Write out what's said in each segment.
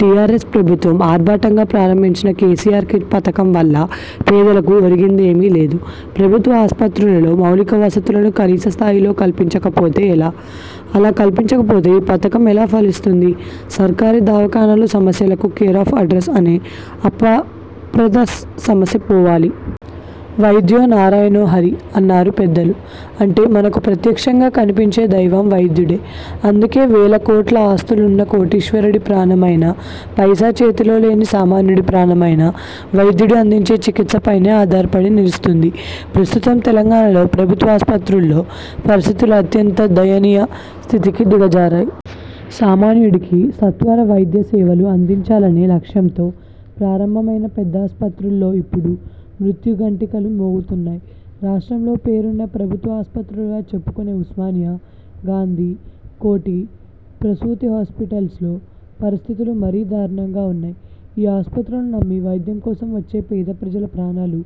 TRS ప్రభుత్వం ఆర్భాటంగా ప్రారంభించిన 'కేసీఆర్ కిట్' పథకం వల్ల పేదలకు ఒరిగిందేమీ లేదు. ప్రభుత్వ ఆస్పత్రులలో మౌలిక వసతులను కనీస స్థాయిలోనే కల్పించకపోతే ఎలా? అలా కల్పించకపోతే ఈ పథకం ఎలా ఫలిస్తుంది? సర్కారీ దావాఖానాలు సమస్యలకు కేరాఫ్ అడ్రస్ అనే అపప్రథ సమసిపోవాలి. వైద్యో నారాయణో హరి' అన్నారు పెద్దలు. అంటే మనకు ప్రత్యక్షంగా కనిపించే దైవం వైద్యుడే. అందుకే వేల కోట్ల ఆస్తులున్న కోటీశ్వరుడి ప్రాణమైనా. పైసా చేతిలో లేని సామాన్యుడి ప్రాణమైనా వైద్యుడు అందించే చికిత్సపైనే ఆధారపడి నిలుస్తుంది. ప్రస్తుతం తెలంగాణలో ప్రభుత్వాసుపత్రుల్లో పరిస్థితులు అత్యంత దయనీయ స్థితికి దిగజారాయి. సామాన్యుడికి సత్వర వైద్యసేవలు అందించాలనే లక్ష్యంతో ప్రారంభమైన పెద్దాసుపత్రుల్లో ఇప్పుడు మృత్యు ఘంటికలు మోగుతున్నాయి. రాష్ట్రంలో పేరున్న ప్రభుత్వ ఆస్పత్రులుగా చెప్పుకునే ఉస్మానియా, గాంధీ, కోఠి ప్రసూతి హాస్పిటల్స్లో పరిస్థితులు మరీ దారుణంగా ఉన్నాయి. ఈ ఆస్పత్రులను నమ్మి వైద్యం కోసం వచ్చే పేదప్రజల ప్రాణాలు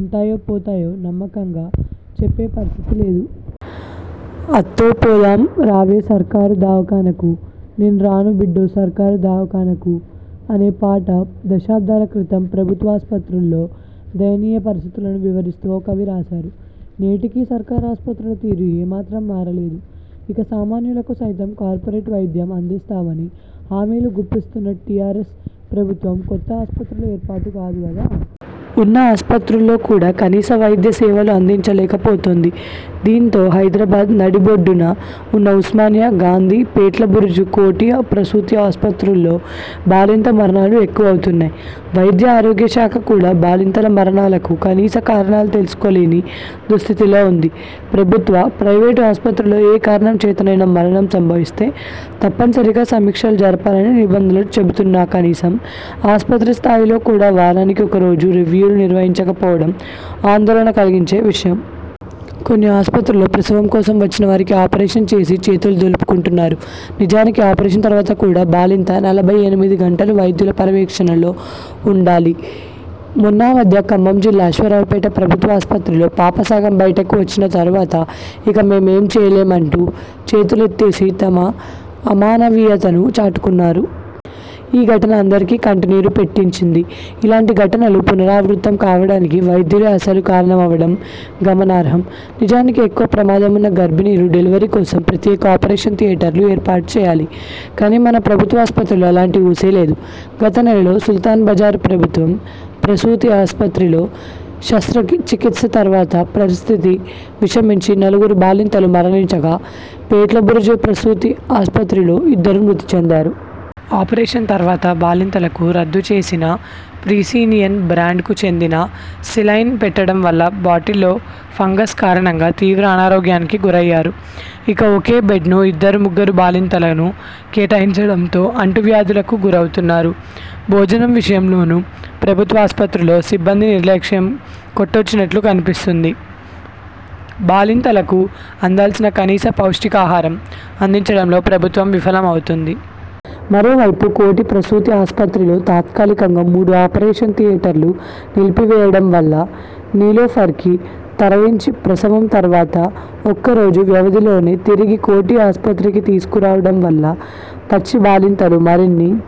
ఉంటాయో పోతాయో నమ్మకంగా చెప్పే పరిస్థితి లేదు. ''అత్తో పోదాం రావే సర్కారు దవాఖానాకు నేను రాను బిడ్డో సర్కారు దవాఖానాకు'' అనే పాట దశాబ్దాల క్రితం ప్రభుత్వాసుపత్రుల్లో దయనీయ పరిస్థితులను వివరిస్తూ ఓ కవి రాశారు. నేటికీ సర్కారు ఆస్పత్రుల తీరు ఏమాత్రం మారలేదు. ఇక సామాన్యులకు సైతం కార్పొరేట్ వైద్యం అందిస్తామని హామీలు గుప్పిస్తున్న టీఆర్ఎస్ ప్రభుత్వం కొత్త ఆస్పత్రుల ఏర్పాటు కాదు గదా. ఉన్న ఆస్పత్రుల్లో కూడా కనీస వైద్య సేవలు అందించలేకపోతోంది. దీంతో హైదరాబాద్ నడిబొడ్డున ఉన్న ఉస్మానియా, గాంధీ, పేట్ల బురుజు, కోఠి ప్రసూతి ఆస్పత్రుల్లో బాలింత మరణాలు ఎక్కువవుతున్నాయి. వైద్య ఆరోగ్యశాఖ కూడా బాలింతల మరణాలకు కనీస కారణాలు తెలుసుకోలేని దుస్థితిలో ఉంది. ప్రభుత్వ, ప్రైవేటు ఆస్పత్రుల్లో ఏ కారణం చేతనైనా మరణం సంభవిస్తే తప్పనిసరిగా సమీక్షలు జరపాలని నిబంధనలు చెబుతున్నాకనీసం ఆస్పత్రి స్థాయిలో కూడా వారానికి ఒక రోజు రివ్యూలు నిర్వహించకపోవడం ఆందోళన కలిగించే విషయం. కొన్ని ఆస్పత్రుల్లో ప్రసవం కోసం వచ్చినవారికి ఆపరేషన్ చేసి చేతులు దులుపుకుంటున్నారు. నిజానికి ఆపరేషన్ తర్వాత కూడా బాలింత నలభై ఎనిమిది గంటలు వైద్యుల పర్యవేక్షణలో ఉండాలి. మొన్నామధ్య ఖమ్మం జిల్లా అశ్వారావుపేట ప్రభుత్వాసుపత్రిలో పాప సగం బైటకు వచ్చిన తర్వాత ఇక మేము ఏం చేయలేమంటూ చేతులెత్తేసి తమ అమానవీయతను చాటుకున్నారు. ఈ ఘటన అందరికీ కంటనీరు పెట్టించింది. ఇలాంటి ఘటనలు పునరావృతం కావడానికి వైద్యులే అసలు కారణమవడం గమనార్హం. నిజానికి ఎక్కువ ప్రమాదమున్న గర్భిణుల డెలివరీకోసం ప్రత్యేక ఆపరేషన్ థియేటర్లు ఏర్పాటుచేయాలి. కానీ మన ప్రభుత్వాసుపత్రుల్లో అలాంటి ఊసే లేదు. గత నెలలో సుల్తాన్ బజారు ప్రభుత్వ ప్రసూతి ఆస్పత్రిలో శస్త్రచికిత్స తర్వాత పరిస్థితి విషమించి నలుగురు బాలింతలు మరణించగా పేట్లబురుజు ప్రసూతి ఆస్పత్రిలో ఇద్దరు మృతిచెందారు. ఆపరేషన్ తర్వాత బాలింతలకు రద్దుచేసిన ప్రిసీనియన్ బ్రాండ్కు చెందిన సెలైన్ పెట్టడం వల్ల బాటిల్లో ఫంగస్ కారణంగా తీవ్ర అనారోగ్యానికి గురయ్యారు. ఇక ఒకే బెడ్ను ఇద్దరు, ముగ్గురు బాలింతలను కేటాయించడంతో అంటువ్యాధులకు గురౌతున్నారు. భోజనం విషయంలోనూ ప్రభుత్వాసుపత్రుల్లో సిబ్బంది నిర్లక్ష్యం కొట్టొచ్చినట్లు కనిపిస్తుంది. బాలింతలకు అందాల్సిన కనీస పౌష్టికాహారం అందించడంలో ప్రభుత్వం విఫలం అవుతుంది. మరోవైపు కోఠి ప్రసూతి ఆస్పత్రిలో తాత్కాలికంగా మూడు ఆపరేషన్ థియేటర్లు నిలిపివేయడం వల్ల నీలోఫర్కి తరలించి ప్రసవం తర్వాత ఒక్కరోజు వ్వవధిలోనే తిరిగి కోఠి ఆస్పత్రికి తీసుకురావడం వల్ల పచ్చి బాలింతలు మరిన్ని